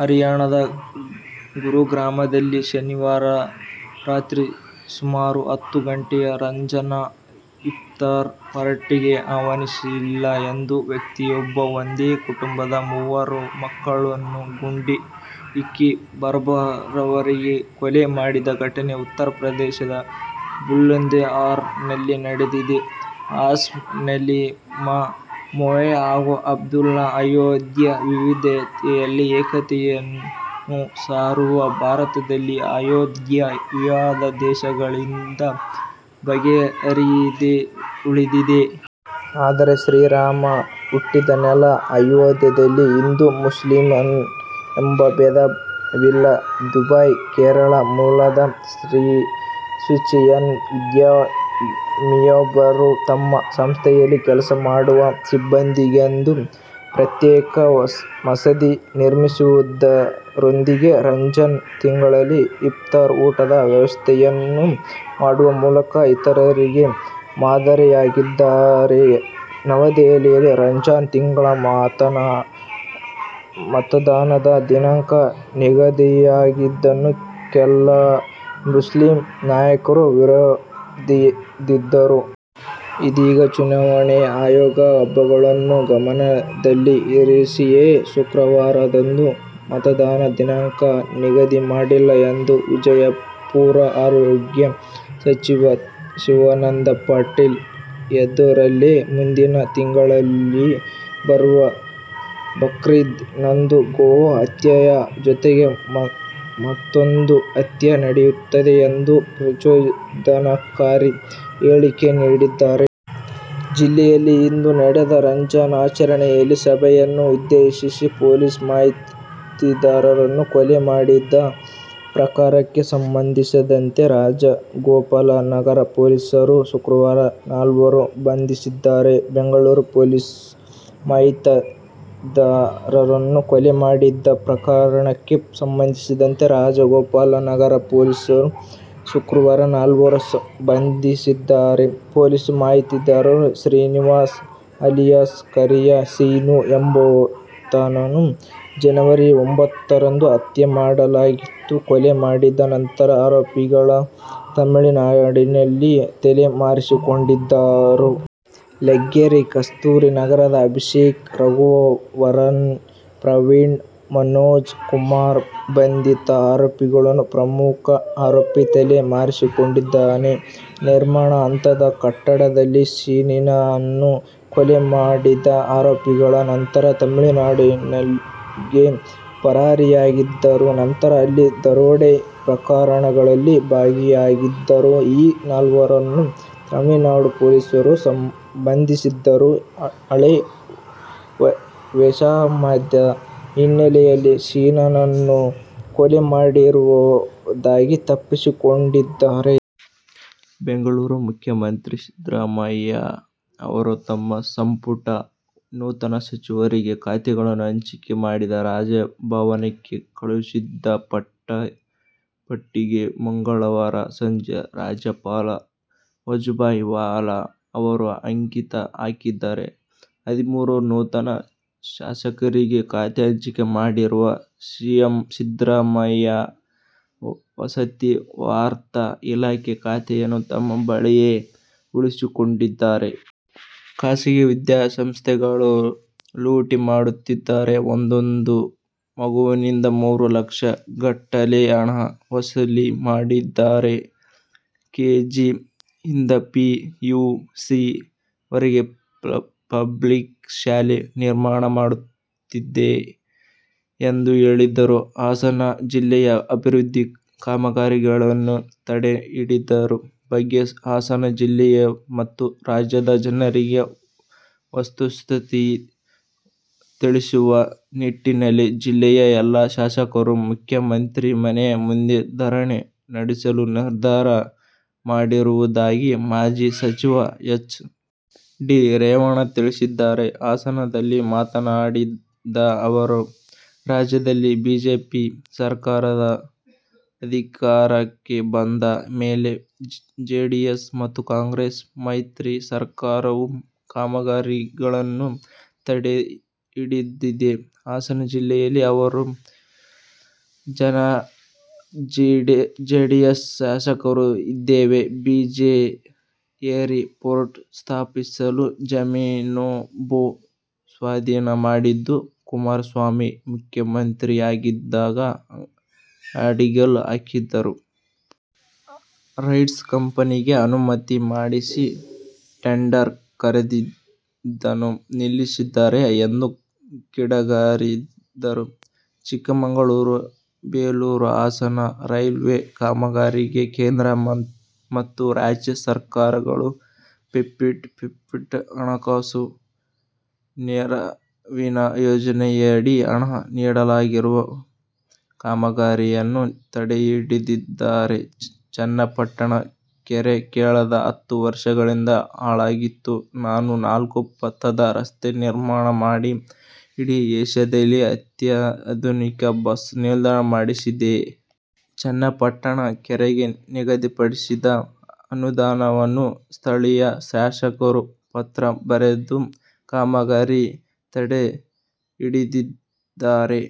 ಹರಿಯಾಣದ ಗುರುಗ್ರಾಮದಲ್ಲಿ ಶನಿವಾರ ರಾತ್ರಿ ಸುಮಾರು ಹತ್ತು ಗಂಟೆಗೆ ರಂಜಾನ್ನ ಇಫ್ತಾರ್ ಪಾರ್ಟಿಗೆ ಆಹ್ವಾನಿಸಿಲ್ಲ ಎಂದು ವ್ಯಕ್ತಿಯೊಬ್ಬ ಒಂದೇ ಕುಟುಂಬದ ಮೂವರು ಮಕ್ಕಳನ್ನು ಗುಂಡಿಕ್ಕಿ ಬರ್ಬರವಾಗಿ ಕೊಲೆ ಮಾಡಿದ ಘಟನೆ ಉತ್ತರ ಪ್ರದೇಶದ ಬುಲಂದ್ಶಹರ್ ನಲ್ಲಿ ನಡೆದಿದೆ. ಆಸ್ಮಾ, ಅಲೀಮಾ ಮೋಹೆ ಹಾಗೂ ಅಬ್ದುಲ್ಲಾ ಅಯೋಧ್ಯೆ: ವಿವಿಧತೆಯಲ್ಲಿ ಏಕತೆಯನ್ನು ಸಾರುವ ಭಾರತದಲ್ಲಿ ಅಯೋಧ್ಯೆ ವಿವಾದ ದಶಕಗಳಿಂದ ಬಗೆಹರಿಯದೆ ಉಳಿದಿದೆ. ಆದರೆ ಶ್ರೀರಾಮ ಹುಟ್ಟಿದ ನೆಲ ಅಯೋಧ್ಯೆಯಲ್ಲಿ ಹಿಂದೂ-ಮುಸಲ್ಮಾನ್ ಎಂಬ ಭೇದವಿಲ್ಲ. ದುಬೈ: ಕೇರಳ ಮೂಲದ ಕ್ರಿಶ್ಚಿಯನ್ ಉದ್ಯಮಿಯೊಬ್ಬರು ತಮ್ಮ ಸಂಸ್ಥೆಯಲ್ಲಿ ಕೆಲಸ ಮಾಡುವ ಸಿಬ್ಬಂದಿಗೆಂದು ಪ್ರತ್ಯೇಕ ಮಸೀದಿ ನಿರ್ಮಿಸುವುದರೊಂದಿಗೆ ರಂಜಾನ್ ತಿಂಗಳಲ್ಲಿ ಇಫ್ತಾರ್ ಊಟದ ವ್ಯವಸ್ಥೆಯನ್ನು ಮಾಡುವ ಮೂಲಕ ಇತರರಿಗೆ ಮಾದರಿಯಾಗಿದ್ದಾರೆ. ನವದೆಹಲಿ: ರಂಜಾನ್ ತಿಂಗಳಲ್ಲಿ ಮತದಾನದ ದಿನಾಂಕ ನಿಗದಿಯಾಗಿದ್ದನ್ನು ಕೆಲ ಮುಸ್ಲಿಂ ನಾಯಕರು ವಿರೋಧಿದ್ದರು. ಇದೀಗ ಚುನಾವಣೆ ಆಯೋಗ ಹಬ್ಬಗಳನ್ನು ಗಮನದಲ್ಲಿ ಇರಿಸಿಯೇ ಶುಕ್ರವಾರದಂದು ಮತದಾನ ದಿನಾಂಕ ನಿಗದಿ ಮಾಡಿಲ್ಲ ಎಂದು. ವಿಜಯಪುರ: ಆರೋಗ್ಯ ಸಚಿವ ಶಿವಾನಂದ ಪಾಟಿಲ್ ಎದುರಲ್ಲೇ ಮುಂದಿನ ತಿಂಗಳುಗಳಲ್ಲಿ ಬರುವ ಬಕ್ರೀದ್ ನಂದು ಗೋ ಹತ್ಯೆಯ ಜೊತೆಗೆ ಮತ್ತೊಂದು ಹತ್ಯೆ ನಡೆಯುತ್ತದೆ ಎಂದು ಪ್ರಚೋದನಾಕಾರಿ ಹೇಳಿಕೆ ನೀಡಿದ್ದಾರೆ. ಜಿಲ್ಲೆಯಲ್ಲಿ ಇಂದು ನಡೆದ ರಂಜಾನ್ ಆಚರಣೆಯಲ್ಲಿ ಸಭೆಯನ್ನು ಉದ್ದೇಶಿಸಿ ಪೊಲೀಸ್ ಮಾಹಿತಿದಾರನನ್ನು ಕೊಲೆ ಮಾಡಿದ್ದ ಪ್ರಕರಣಕ್ಕೆ ಸಂಬಂಧಿಸಿದಂತೆ ರಾಜಗೋಪಾಲನಗರ ಪೊಲೀಸರು ಶುಕ್ರವಾರ ನಾಲ್ವರನ್ನು ಬಂಧಿಸಿದ್ದಾರೆ. ಬೆಂಗಳೂರು: ಪೊಲೀಸ್ ಮಾಹಿತಿದಾರನನ್ನು ಕೊಲೆ ಮಾಡಿದ್ದ ಪ್ರಕರಣಕ್ಕೆ ಸಂಬಂಧಿಸಿದಂತೆ ರಾಜಗೋಪಾಲನಗರ ಪೊಲೀಸರು ಶುಕ್ರವಾರ ನಾಲ್ವರನ್ನು ಬಂಧಿಸಿದ್ದಾರೆ. ಪೊಲೀಸ್ ಮಾಹಿತಿದಾರ ಶ್ರೀನಿವಾಸ್ ಅಲಿಯಾಸ್ ಕರಿಯ ಸೀನ ಎಂಬಾತನನ್ನು ಜನವರಿ ಒಂಭತ್ತರಂದು ಹತ್ಯೆ ಮಾಡಲಾಗಿತ್ತು, ಕೊಲೆ ಮಾಡಿದ ನಂತರ ಆರೋಪಿಗಳು ತಮಿಳುನಾಡಿನಲ್ಲಿ ತಲೆ ಮರೆಸಿಕೊಂಡಿದ್ದರು. ಲಗ್ಗೆರೆ ಕಸ್ತೂರಿ ನಗರದ ಅಭಿಷೇಕ್, ರಘುವರನ್, ಪ್ರವೀಣ್, ಮನೋಜ್ ಕುಮಾರ್ ಬಂಧಿತ ಆರೋಪಿಗಳು, ಪ್ರಮುಖ ಆರೋಪಿ ತಲೆ ಮರೆಸಿಕೊಂಡಿದ್ದಾನೆ. ನಿರ್ಮಾಣ ಹಂತದ ಕಟ್ಟಡದಲ್ಲಿ ಸೀನನನ್ನು ಕೊಲೆ ಮಾಡಿದ ಆರೋಪಿಗಳು ನಂತರ ತಮಿಳುನಾಡಿಗೆ ಪರಾರಿಯಾಗಿದ್ದರು. ನಂತರ ಅಲ್ಲಿ ದರೋಡೆ ಪ್ರಕರಣಗಳಲ್ಲಿ ಭಾಗಿಯಾಗಿದ್ದರು. ಈ ನಾಲ್ವರನ್ನು ತಮಿಳುನಾಡು ಪೊಲೀಸರು ಬಂಧಿಸಿದ್ದರು, ಹಳೇ ವೈಷಮ್ಯದ ಹಿನ್ನೆಲೆಯಲ್ಲಿ ಸೀನನನ್ನು ಕೊಲೆ ಮಾಡಿರುವುದಾಗಿ ತಪ್ಪೊಪ್ಪಿಕೊಂಡಿದ್ದಾರೆ. ಬೆಂಗಳೂರು: ಮುಖ್ಯಮಂತ್ರಿ ಸಿದ್ದರಾಮಯ್ಯ ಅವರು ತಮ್ಮ ಸಂಪುಟ ನೂತನ ಸಚಿವರಿಗೆ ಖಾತೆಗಳನ್ನು ಹಂಚಿಕೆ ಮಾಡಿ ರಾಜಭವನಕ್ಕೆ ಕಳುಹಿಸಿದ್ದ ಪಟ್ಟಿಗೆ ಮಂಗಳವಾರ ಸಂಜೆ ರಾಜ್ಯಪಾಲ ವಜುಭಾಯಿ ವಾಲಾ ಅವರು ಅಂಕಿತ ಹಾಕಿದ್ದಾರೆ. ಹದಿಮೂರು ನೂತನ ಶಾಸಕರಿಗೆ ಖಾತೆ ಹಂಚಿಕೆ ಮಾಡಿರುವ ಸಿಎಂ ಸಿದ್ದರಾಮಯ್ಯ ವಸತಿ, ವಾರ್ತಾ ಇಲಾಖೆ ಖಾತೆಯನ್ನು ತಮ್ಮ ಬಳಿಯೇ ಉಳಿಸಿಕೊಂಡಿದ್ದಾರೆ. ಖಾಸಗಿ ವಿದ್ಯಾಸಂಸ್ಥೆಗಳು ಲೂಟಿ ಮಾಡುತ್ತಿದ್ದಾರೆ. ಒಂದೊಂದು ಮಗುವಿನಿಂದ ಮೂರು ಲಕ್ಷ ಗಟ್ಟಲೆ ಹಣ ವಸೂಲಿ ಮಾಡಿದ್ದಾರೆ. ಕೆ. ಜಿ ಯಿಂದ ಪಿ. ಯು. ಸಿ ವರೆಗೆ ಪ್ಲಬಿಕ್ ಶಾಲೆ ನಿರ್ಮಾಣ ಮಾಡುತ್ತಿದ್ದೆ ಎಂದು ಹೇಳಿದರು. ಹಾಸನ; ಜಿಲ್ಲೆಯ ಅಭಿವೃದ್ಧಿ ಕಾಮಗಾರಿಗಳನ್ನು ತಡೆ ಹಿಡಿದಿರುವ ಬಗ್ಗೆ ಹಾಸನ ಜಿಲ್ಲೆಯ ಮತ್ತು ರಾಜ್ಯದ ಜನರಿಗೆ ವಸ್ತುಸ್ಥಿತಿ ತಿಳಿಸುವ ನಿಟ್ಟಿನಲ್ಲಿ ಜಿಲ್ಲೆಯ ಎಲ್ಲಾ ಶಾಸಕರು ಮುಖ್ಯಮಂತ್ರಿ ಮನೆ ಮುಂದೆ ದರಣಿ ನಡೆಸಲು ನಿರ್ಧಾರ ಮಾಡಿರುವುದಾಗಿ ಮಾಜಿ ಸಚಿವ ಹೆಚ್. ಡಿ. ರೇವಣ್ಣ ತಿಳಿಸಿದ್ದಾರೆ. ಹಾಸನದಲ್ಲಿ ಮಾತನಾಡಿದ ಅವರು, ರಾಜ್ಯದಲ್ಲಿ ಬಿಜೆಪಿ ಸರಕಾರ ಅಧಿಕಾರಕ್ಕೆ ಬಂದ ಮೇಲೆ ಜೆಡಿಎಸ್ ಮತ್ತು ಕಾಂಗ್ರೆಸ್ ಮೈತ್ರಿ ಸರ್ಕಾರವು ಕಾಮಗಾರಿಗಳನ್ನು ತಡೆಹಿಡಿದಿದೆ. ಹಾಸನ ಜಿಲ್ಲೆಯಲ್ಲಿ ಆರು ಜನ ಜೆಡಿಎಸ್ ಶಾಸಕರು ಇದ್ದೇವೆ. ಬಿ. ಜೆ. ಏರ್ ಪೋರ್ಟ್ ಸ್ಥಾಪಿಸಲು ಜಮೀನು ಭೂ ಸ್ವಾಧೀನ ಮಾಡಿದ್ದು, ಕುಮಾರಸ್ವಾಮಿ ಮುಖ್ಯಮಂತ್ರಿಯಾಗಿದ್ದಾಗ ಅಡಿಗಲ್ಲು ಹಾಕಿದ್ದರು. ರೈಟ್ಸ್ ಕಂಪನಿಗೆ ಅನುಮತಿ ಮಾಡಿಸಿ ಟೆಂಡರ್ ಕರೆದಿದ್ದನ್ನು ನಿಲ್ಲಿಸಿದ್ದಾರೆ ಎಂದು ಕಿಡಿಕಾರಿದರು. ಚಿಕ್ಕಮಗಳೂರು-ಬೇಲೂರು-ಹಾಸನ ರೈಲ್ವೆ ಕಾಮಗಾರಿಗೆ ಕೇಂದ್ರ ಮತ್ತು ರಾಜ್ಯ ಸರ್ಕಾರಗಳು ಫಿಫ್ಟಿ:ಫಿಫ್ಟಿ ಹಣಕಾಸು ನೆರವಿನ ಯೋಜನೆಯಡಿ ಹಣ ನೀಡಲಾಗಿರುವ ಕಾಮಗಾರಿಯನ್ನು ತಡೆಹಿಡಿದಿದ್ದಾರೆ. ಚನ್ನಪಟ್ಟಣ ಕೆರೆ ಕಳೆದ ಹತ್ತು ವರ್ಷಗಳಿಂದ ಹಾಳಾಗಿತ್ತು. ನಾನು ನಾಲ್ಕು ಪಥದ ರಸ್ತೆ ನಿರ್ಮಾಣ ಮಾಡಿ, ಇಡೀ ಎಷ್ಯಾದಲ್ಲೇ ಅತ್ಯಾಧುನಿಕ ಬಸ್ ನಿಲ್ದಾಣ ಮಾಡಿಸಿದೆ. ಚನ್ನಪಟ್ಟಣ ಕೆರೆಗೆ ನಿಗದಿಪಡಿಸಿದ ಅನುದಾನವನ್ನು ಸ್ಥಳೀಯ ಶಾಸಕರು ಪತ್ರ ಬರೆದು ಕಾಮಗಾರಿ ತಡೆ ಹಿಡಿದಿದ್ದಾರೆ.